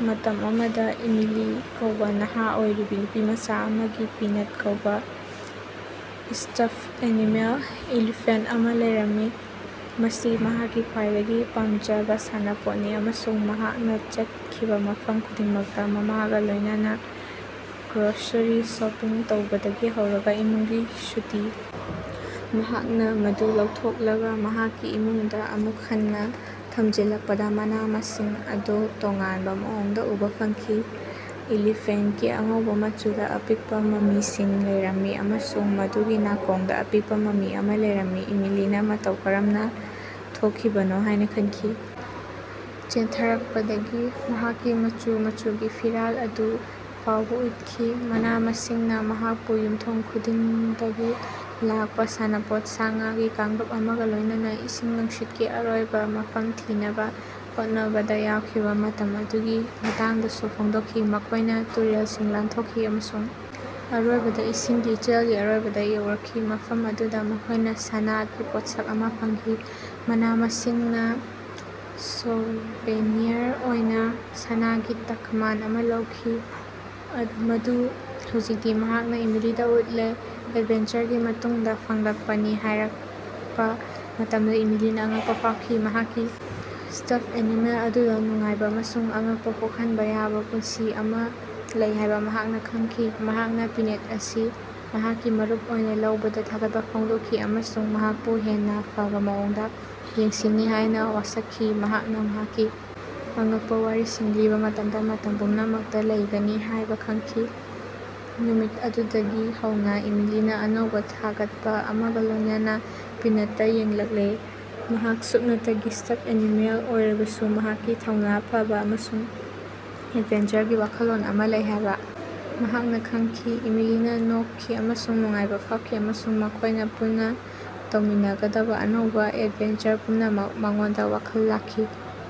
ꯃꯇꯝ ꯑꯃꯗ ꯏꯃꯤꯂꯤ ꯀꯧꯕꯥ ꯅꯍꯥ ꯑꯣꯏꯔꯤꯕꯤ ꯅꯨꯄꯤꯃꯆꯥ ꯑꯃꯒꯤ ꯄꯤꯅꯠ ꯀꯧꯕ ꯏꯁꯇꯐ ꯑꯦꯅꯤꯃꯦꯜ ꯏꯂꯤꯐꯦꯟꯇ ꯑꯃ ꯂꯩꯔꯝꯃꯤ꯫ ꯃꯁꯤ ꯃꯍꯥꯛꯀꯤ ꯈ꯭ꯋꯥꯏꯗꯒꯤ ꯄꯥꯝꯖꯕ ꯁꯥꯟꯅꯄꯣꯠꯅꯤ ꯑꯃꯁꯨꯡ ꯃꯍꯥꯛꯅ ꯆꯠꯈꯤꯕꯥ ꯃꯐꯝ ꯈꯨꯗꯤꯡꯃꯛꯇ ,ꯃꯃꯥꯒ ꯂꯣꯏꯅꯅ ꯒ꯭ꯔꯣꯁꯔꯤ ꯁꯣꯄꯤꯡ ꯇꯧꯕꯗꯒꯤ ꯍꯧꯔꯒꯥ ꯏꯃꯨꯡꯒꯤ ꯁꯨꯇꯤ ꯃꯍꯥꯛꯅ ꯃꯗꯨ ꯂꯧꯊꯣꯛꯂꯒ ꯃꯍꯥꯛꯀꯤ ꯢꯃꯨꯡꯗ ꯑꯃꯨꯛ ꯍꯟꯅ ꯊꯝꯖꯤꯜꯂꯛꯄꯗ ꯃꯅꯥ-ꯃꯁꯤꯡ ꯑꯗꯨ ꯇꯣꯉꯥꯟꯕ ꯃꯑꯣꯡꯗ ꯎꯕ ꯐꯪꯈꯤ꯫ ꯏꯂꯤꯐꯦꯟꯇꯀꯤ ꯑꯉꯧꯕ ꯃꯆꯨꯗ ꯑꯄꯤꯛꯄ ꯃꯃꯤꯁꯤꯡ ꯂꯩꯔꯝꯃꯤ ꯑꯃꯁꯨꯡ ꯃꯗꯨꯒꯤ ꯅꯥꯀꯣꯡꯗ ꯑꯄꯤꯛꯄ ꯃꯃꯤ ꯑꯃ ꯂꯩꯔꯝꯃꯤ꯫ ꯏꯃꯤꯂꯤꯅ ꯃꯇꯧ ꯀꯔꯝꯅ ꯊꯣꯛꯈꯤꯕꯅꯣ ꯍꯥꯏꯅ ꯈꯟꯈꯤ꯫ ꯆꯦꯟꯊꯔꯛꯄꯗꯒꯤ ꯃꯍꯥꯛꯀꯤ ꯃꯆꯨ - ꯃꯆꯨꯒꯤ ꯐꯤꯔꯥꯜ ꯑꯗꯨ ꯐꯥꯎꯕꯥ ꯎꯠꯈꯤ꯫ ꯃꯅꯥ-ꯃꯁꯤꯡꯅ ꯃꯍꯥꯛꯄꯨ ꯌꯨꯝꯊꯣꯡ ꯈꯨꯗꯤꯡꯗꯒꯤ ꯂꯥꯛꯄꯥ ꯁꯥꯟꯅꯄꯣꯠ ꯁꯥ-ꯉꯥꯒꯤ ꯀꯥꯡꯂꯨꯞ ꯑꯃꯒꯥ ꯂꯣꯏꯅꯅ ꯏꯁꯤꯡ ꯅꯨꯡꯁꯤꯠꯀꯤ ꯑꯔꯣꯏꯕ ꯃꯐꯝ ꯊꯤꯅꯕ ꯍꯣꯠꯅꯕꯗ ꯌꯥꯎꯈꯤꯕ ꯃꯇꯝ ꯑꯗꯨꯒꯤ ꯃꯇꯥꯡꯗꯁꯨ ꯐꯣꯡꯗꯣꯛꯈꯤ꯫ꯃꯈꯣꯏꯅꯥ ꯇꯨꯔꯦꯜꯁꯤꯡ ꯂꯥꯟꯊꯣꯛꯈꯤ, ꯑꯃꯁꯨꯡ ꯑꯔꯣꯏꯕꯗ ꯏꯁꯤꯡꯒꯤ ꯏꯆꯦꯜꯒꯤ ꯑꯔꯣꯏꯕꯗꯥ ꯌꯧꯔꯛꯈꯤ, ꯃꯐꯝ ꯑꯗꯨꯗꯥ ꯃꯈꯣꯏꯅ ꯁꯅꯥꯒꯤ ꯄꯣꯠꯁꯛ ꯑꯃ ꯐꯪꯈꯤ꯫ ꯃꯅꯥ-ꯃꯁꯤꯡꯅ ꯁꯣꯚꯦꯅꯤꯌꯔ ꯑꯣꯏꯅ ꯁꯅꯥꯒꯤ ꯇꯛꯃꯥꯟ ꯑꯃꯥ ꯂꯧꯈꯤ, ꯃꯗꯨ ꯍꯧꯖꯤꯛꯇꯤ ꯃꯍꯥꯛꯅ ꯏꯃꯤꯂꯤꯗ ꯎꯠꯂꯦ꯫ ꯑꯦꯗꯚꯦꯟꯆꯔꯒꯤ ꯃꯇꯨꯡꯗꯥ ꯐꯪꯂꯛꯄꯅꯤ ꯍꯥꯏꯔꯛꯄ ꯃꯇꯝꯗ ꯏꯃꯤꯂꯤꯅ ꯑꯉꯛꯄ ꯐꯥꯎꯈꯤ꯫ ꯃꯍꯥꯛꯀꯤ ꯁ꯭ꯇꯐ ꯑꯦꯅꯤꯃꯦꯜ ꯑꯗꯨꯗ ꯅꯨꯡꯉꯥꯏꯕ ꯑꯃꯁꯨꯡ ꯑꯉꯛꯄꯥ ꯄꯣꯛꯍꯟꯕ ꯌꯥꯕ ꯄꯨꯟꯁꯤ ꯑꯃ ꯂꯩ ꯍꯥꯏꯕ ꯃꯍꯥꯛꯅ ꯈꯪꯈꯤ꯫ ꯃꯍꯥꯛꯅ ꯄꯤꯅꯠ ꯑꯁꯤ ꯃꯍꯥꯛꯀꯤ ꯃꯔꯨꯞ ꯑꯣꯏꯅ ꯂꯧꯕꯗ ꯊꯥꯒꯠꯄ ꯐꯣꯡꯗꯣꯛꯈꯤ ꯑꯃꯁꯨꯡ ꯃꯍꯥꯛꯄꯨ ꯍꯦꯟꯅꯥ ꯐꯕꯥ ꯃꯑꯣꯡꯗꯥ ꯌꯦꯡꯁꯤꯟꯅꯤ ꯍꯥꯏꯅ ꯋꯥꯁꯛꯈꯤ, ꯃꯍꯥꯛꯅ ꯃꯍꯥꯛꯀꯤ ꯑꯉꯛꯄꯥ ꯋꯥꯔꯤꯁꯤꯡ ꯂꯤꯕꯥ ꯃꯇꯝꯗ ꯃꯇꯝ ꯄꯨꯝꯅꯃꯛꯇꯥ ꯂꯩꯒꯅꯤ ꯍꯥꯏꯕ ꯈꯪꯈꯤ꯫ ꯅꯨꯃꯤꯠ ꯑꯗꯨꯗꯒꯤ ꯍꯧꯅ ꯏꯃꯤꯂꯤꯅ ꯑꯅꯧꯕ ꯊꯥꯒꯠꯄ ꯑꯃꯒ ꯂꯣꯏꯅꯅ ꯄꯤꯅꯠꯗ ꯌꯦꯡꯂꯛꯂꯦ꯫ ꯃꯍꯥꯛ ꯁꯨꯞꯅꯇꯒꯤ ꯁ꯭ꯇꯐ ꯑꯦꯅꯤꯃꯦꯜ ꯑꯣꯏꯔꯕꯁꯨ ꯃꯍꯥꯛꯀꯤ ꯊꯧꯅꯥ ꯐꯕ ꯑꯃꯁꯨꯡ ꯑꯦꯗꯚꯦꯟꯆꯔꯒꯤ ꯋꯥꯈꯜꯂꯣꯟ ꯑꯃ ꯂꯩ ꯍꯥꯏꯕ ꯃꯍꯥꯛꯅ ꯈꯪꯈꯤ꯫ ꯏꯃꯤꯂꯤꯅ ꯅꯣꯛꯈꯤ ꯑꯃꯁꯨꯡ ꯅꯨꯡꯉꯥꯏꯕ ꯐꯥꯎꯈꯤ ꯑꯃꯁꯨꯡ ꯃꯈꯣꯏꯅ ꯄꯨꯟꯅ ꯇꯧꯃꯤꯟꯅꯒꯗꯕ ꯑꯅꯧꯕ ꯑꯦꯗꯚꯦꯟꯆꯔ ꯄꯨꯝꯅꯃꯛ ꯃꯉꯣꯟꯗ ꯋꯥꯈꯜ ꯂꯥꯛꯈꯤ꯫